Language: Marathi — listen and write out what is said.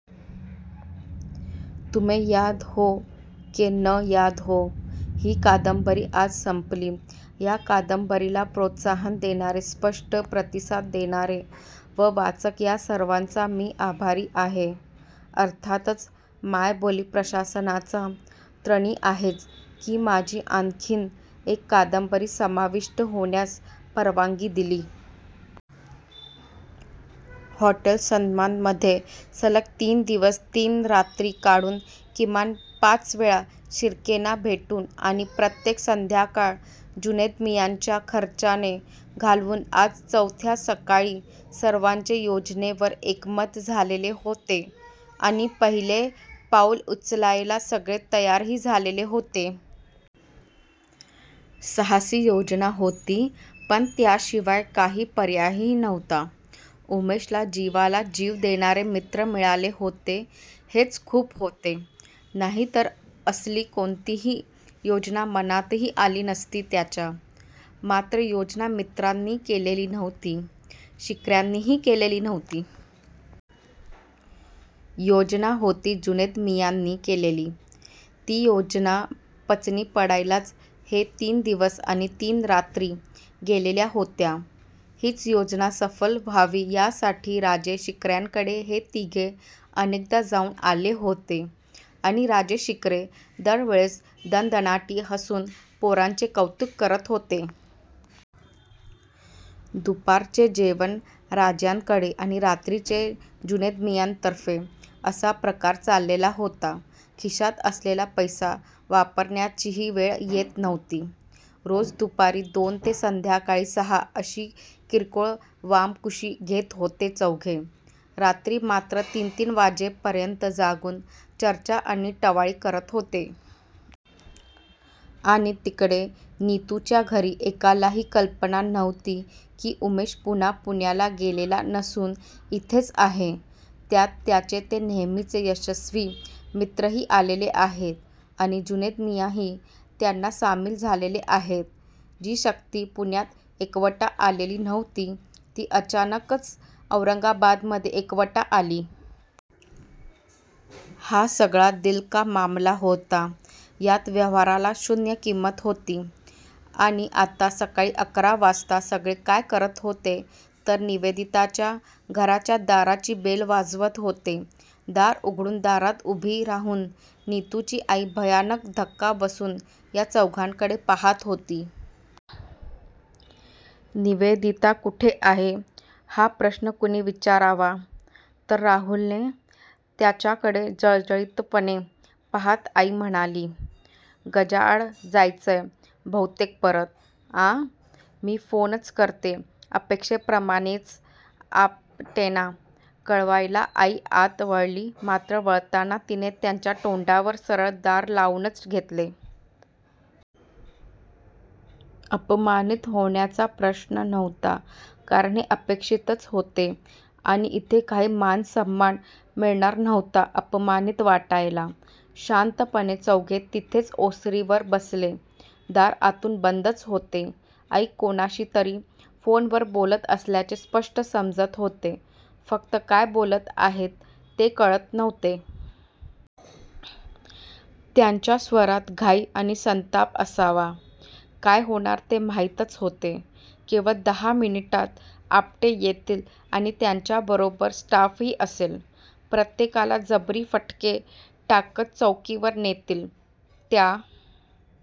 तुम्हे याद हो के न याद हो' ही कादंबरी आज संपली. या कादंबरीला प्रोत्साहन देणारे, स्पष्ट प्रतिसाद देणारे व वाचक या सर्वांचा मी आभारी आहे. अर्थातच, मायबोली प्रशासनाचा ऋणी आहेच, की माझी आणखीन एक कादंबरी समाविष्ट होण्यास परवानगी दिली. हॉटेल सन्मानमध्ये सलग तीन दिवस तीन रात्री काढून, किमान पाच वेळा शिर्केंना भेटून आणि प्रत्येक संध्याकाळ जुनैदमियाँच्या खर्चाने घालवून आज चवथ्या सकाळी सर्वांचे योजनेवर एकमत झालेले होते आणि पहिले पाऊल उचलायला सगळे तयारही झालेले होते. साहसी योजना होती, पण त्याशिवाय काही पर्यायही नव्हता. उमेशला जीवाला जीव देणारे मित्र मिळाले होते हेच खूप होते. नाहीतर असली कोणतीही योजना मनातही आली नसती त्याच्या! मात्र योजना मित्रांनी केलेली नव्हती. शिर्क्यांनीही केलेली नव्हती! योजना होती जुनैद मियाँनी केलेली! ती योजना पचनी पडायलाच हे तीन दिवस आणि तीन रात्री गेलेल्या होत्या. हीच योजना सफल व्हावी यासाठी राजे शिर्क्यांकडे हे तिघे अनेकदा जाऊन आले होते. आणि राजे शिर्के दरवेळेस दणदणाटी हसून पोरांचे कौतुक करत होते. दुपारचे जेवण राज्यांकडे आणि रात्रीचे जुनैदमियाँतर्फे असा प्रकार चाललेला होता. खिशात असलेला पैसा वापरण्याचीही वेळ येत नव्हती. रोज दुपारी दोन ते संध्याकाळी सहा अशी किरकोळ वामकुक्षी घेत होते चौघे! रात्री मात्र तीन तीन वाजेपर्यंत जागून चर्चा आणि टवाळी करत होते. आणि तिकडे नितुच्या घरी एकालाही कल्पना नव्हती की उमेश पुन्हा पुण्याला गेलेला नसून इथेच आहे. त्यात त्याचे ते नेहमीचे यशस्वी मित्रही आलेले आहेत आणि जुनैद मियाँही त्यांना सामील झालेले आहेत. जी शक्ती पुण्यात एकवटता आलेली नव्हती ती अचानकच औरंगाबादमध्ये एकवटता आली. हा सगळा दिल का मामला होता. यात व्यवहाराला शून्य किंमत होती. आणि आत्ता सकाळी अकरा वाजता सगळे काय करत होते तर निवेदिताच्या घराच्या दाराची बेल वाजवत होते. दार उघडून दारात उभी राहून नितुची आई भयानक धक्का बसून या चौघांकडे पाहात होती. निवेदिता कुठे आहे? हा प्रश्न कोणी विचारावा? तर राहुलने! त्याच्याकडे जळजळीतपणे पाहात आई म्हणाली. गजाआड जायचंय बहुतेक परत? आं?? मी फोनच करते अपेक्षेप्रमाणेच आपटेंना कळवायला आई आत वळली मात्र वळताना तिने यांच्या तोंडावर सरळ दार लावूनच घेतले. अपमानीत होण्याचा प्रश्नच नव्हता कारण हे अपेक्षितच होते आणि इथे काही मानसन्मान मिळणार नव्हता अपमानीत वाटायला! शांतपणे चौघे तिथेच ओसरीवर बसले. दार आतून बंदच होते. आई कोणाशीतरी फोनवर बोलत असल्याचे स्पष्ट समजत होते, फक्त काय बोलत आहेत ते कळत नव्हते. त्यांच्या स्वरात घाई आणि संताप असावा! काय होणार ते माहीतच होते. केवळ दहा मिनिटांत आपटे येतील आणि त्यांच्याबरोबर स्टाफही असेल! प्रत्येकाला जबरी फटके टाकत चौकीवर नेतील. त्या